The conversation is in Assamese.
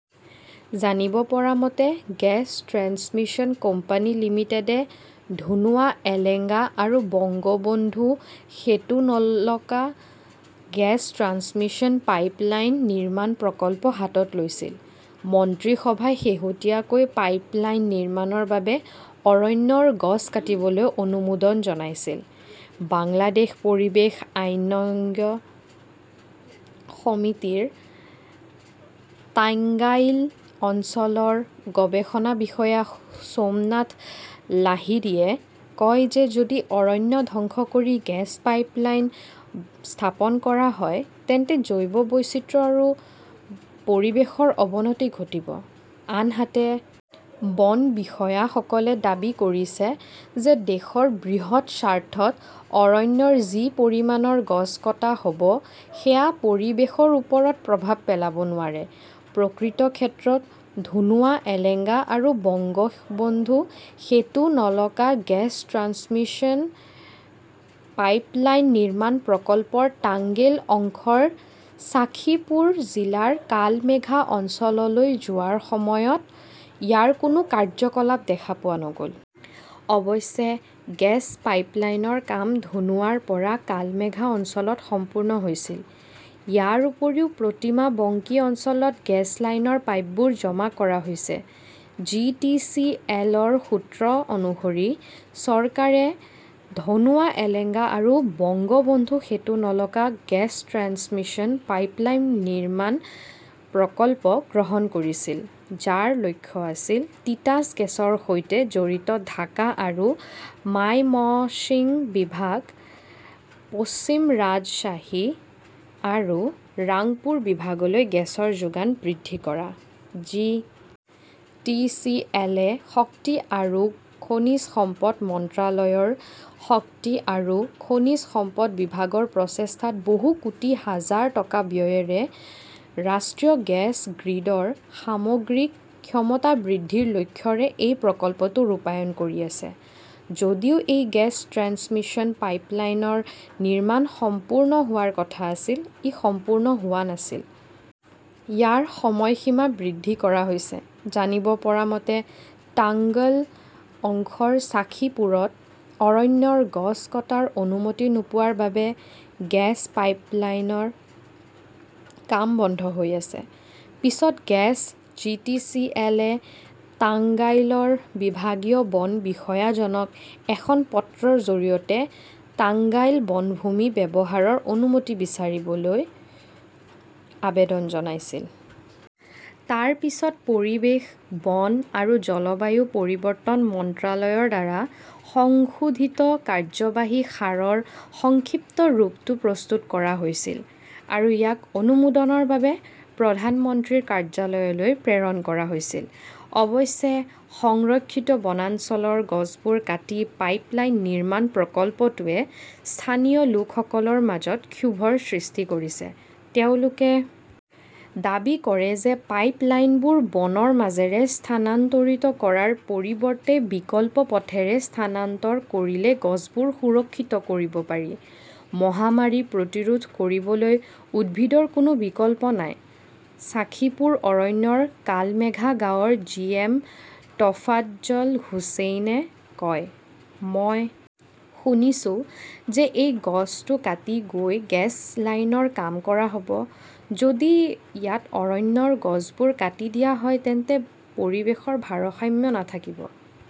জানিব পৰা মতে, গেছ ট্ৰেন্সমিশ্যন কোম্পানী লিমিটেড -এ ধুনুৱা-এলেঙ্গা আৰু Bangabandhu Setu-Nalka gas transmission pipeline নিৰ্মাণ প্ৰকল্প হাতত লৈছিল। মন্ত্ৰীসভাই শেহতীয়াকৈ পাইপলাইন নিৰ্মাণৰ বাবে অৰণ্যৰ গছ কাটিবলৈ অনুমোদন জনাইছিল। বাংলাদেশ পৰিৱেশ আইনজ্ঞ সমিতিৰ টাঙ্গাইল অঞ্চলৰ গৱেষণা বিষয়া সোমনাথ লাহিৰীয়ে কয় যে যদি অৰণ্য ধ্বংস কৰি গেছ পাইপলাইন স্থাপন কৰা হয় তেন্তে জৈৱ বৈচিত্ৰ্য আৰু পৰিৱেশৰ অৱনতি ঘটিব। আনহাতে, বন বিষয়াসকলে দাবী কৰিছে যে দেশৰ বৃহৎ স্বাৰ্থত অৰণ্যৰ যি পৰিমাণৰ গছ কটা হ'ব সেয়া পৰিৱেশৰ ওপৰত প্ৰভাৱ পেলাব নোৱাৰে। প্ৰকৃত ক্ষেত্ৰত, ধুনুৱা-এলেঙ্গা আৰু Bangabandhu Setu-Nalka gas transmission pipeline নিৰ্মাণ প্ৰকল্পৰ তাংগেল অংশৰ ছাখীপুৰ জিলাৰ কালমেঘা অঞ্চললৈ যোৱাৰ সময়ত ইয়াৰ কোনো কাৰ্যকলাপ দেখা পোৱা নগ'ল। অৱশ্যে, গেছ পাইপলাইনৰ কাম ধুনুৱাৰ পৰা কালমেঘা অঞ্চলত সম্পূৰ্ণ হৈছে। ইয়াৰ উপৰিও প্ৰতিমা বংকী অঞ্চলত গেছ লাইনৰ পাইপবোৰ জমা কৰা হৈছে। জি. টি. চি. এল. -ৰ সূত্ৰ অনুসৰি, চৰকাৰে "ধনুৱা-এলেঙ্গা আৰু Bangabandhu Setu-Nalka gas transmission pipeline নিৰ্মাণ প্ৰকল্প" গ্ৰহণ কৰিছিল, যাৰ লক্ষ্য আছিল তিতাছ গেছৰ সৈতে জড়িত ঢাকা আৰু মাইমশ্বিং বিভাগ, পশ্চিম ৰাজশ্বাহী আৰু ৰাংপুৰ বিভাগলৈ গেছৰ যোগান বৃদ্ধি কৰা। জি. টি. চি. এল. -এ শক্তি আৰু খনিজ সম্পদ মন্ত্ৰালয়ৰ শক্তি আৰু খনিজ সম্পদ বিভাগৰ প্ৰচেষ্টাত বহু কোটি হাজাৰ টকা ব্যয়েৰে ৰাষ্ট্ৰীয় গেছ গ্ৰীডৰ সামগ্ৰিক ক্ষমতা বৃদ্ধিৰ লক্ষ্যৰে এই প্ৰকল্পটো ৰূপায়ণ কৰি আছে। যদিও এই গেছ ট্ৰেন্সমিশ্যন পাইপলাইনৰ নিৰ্মাণ সম্পূৰ্ণ হোৱাৰ কথা আছিল, ই সম্পূৰ্ণ হোৱা নাছিল। ইয়াৰ সময়সীমা বৃদ্ধি কৰা হৈছে। জানিব পৰা মতে, টাংগল অংশৰ ছাখীপুৰত অৰণ্যৰ গছ কটাৰ অনুমতি নোপোৱাৰ বাবে গেছ পাইপলাইনৰ কাম বন্ধ হৈ আছে। পিছত gas G. T. C. L. -এ তাংগাইলৰ বিভাগীয় বন বিষয়াজনক এখন পত্ৰৰ জৰিয়তে তাংগাইল বনভূমি ব্যৱহাৰৰ অনুমতি বিচাৰিবলৈ আবেদন জনাইছিল। তাৰ পিছত পৰিৱেশ, বন আৰু জলবায়ু পৰিৱৰ্তন মন্ত্ৰালয়ৰ দ্বাৰা সংশোধিত কাৰ্যবাহী সাৰৰ সংক্ষিপ্ত ৰূপটো প্ৰস্তুত কৰা হৈছিল আৰু ইয়াক অনুমোদনৰ বাবে প্ৰধানমন্ত্ৰীৰ কাৰ্যালয়লৈ প্ৰেৰণ কৰা হৈছিল। অৱশ্যে, সংৰক্ষিত বনাঞ্চলৰ গছবোৰ কাটি পাইপলাইন নিৰ্মাণ প্ৰকল্পটোৱে স্থানীয় লোকসকলৰ মাজত ক্ষোভৰ সৃষ্টি কৰিছে। তেওঁলোকে দাবী কৰে যে পাইপ লাইনবোৰ বনৰ মাজেৰে স্থানান্তৰিত কৰাৰ পৰিৱৰ্তে বিকল্প পথেৰে স্থানান্তৰ কৰিলে গছবোৰ সুৰক্ষিত কৰিব পাৰি। "মহামাৰী প্ৰতিৰোধ কৰিবলৈ উদ্ভিদৰ কোনো বিকল্প নাই", ছাখীপুৰ অৰণ্যৰ কালমেঘা গাঁৱৰ জি. এম. টফাজ্জল হুচেইনে কয়। মই শুনিছোঁ যে সেই গছটো কাটি গৈ গেছ লাইনৰ কাম কৰা হ'ব। যদি ইয়াত অৰণ্যৰ গছবোৰ কাটি দিয়া হয় তেন্তে পৰিৱেশৰ ভাৰসাম্য নাথাকিব।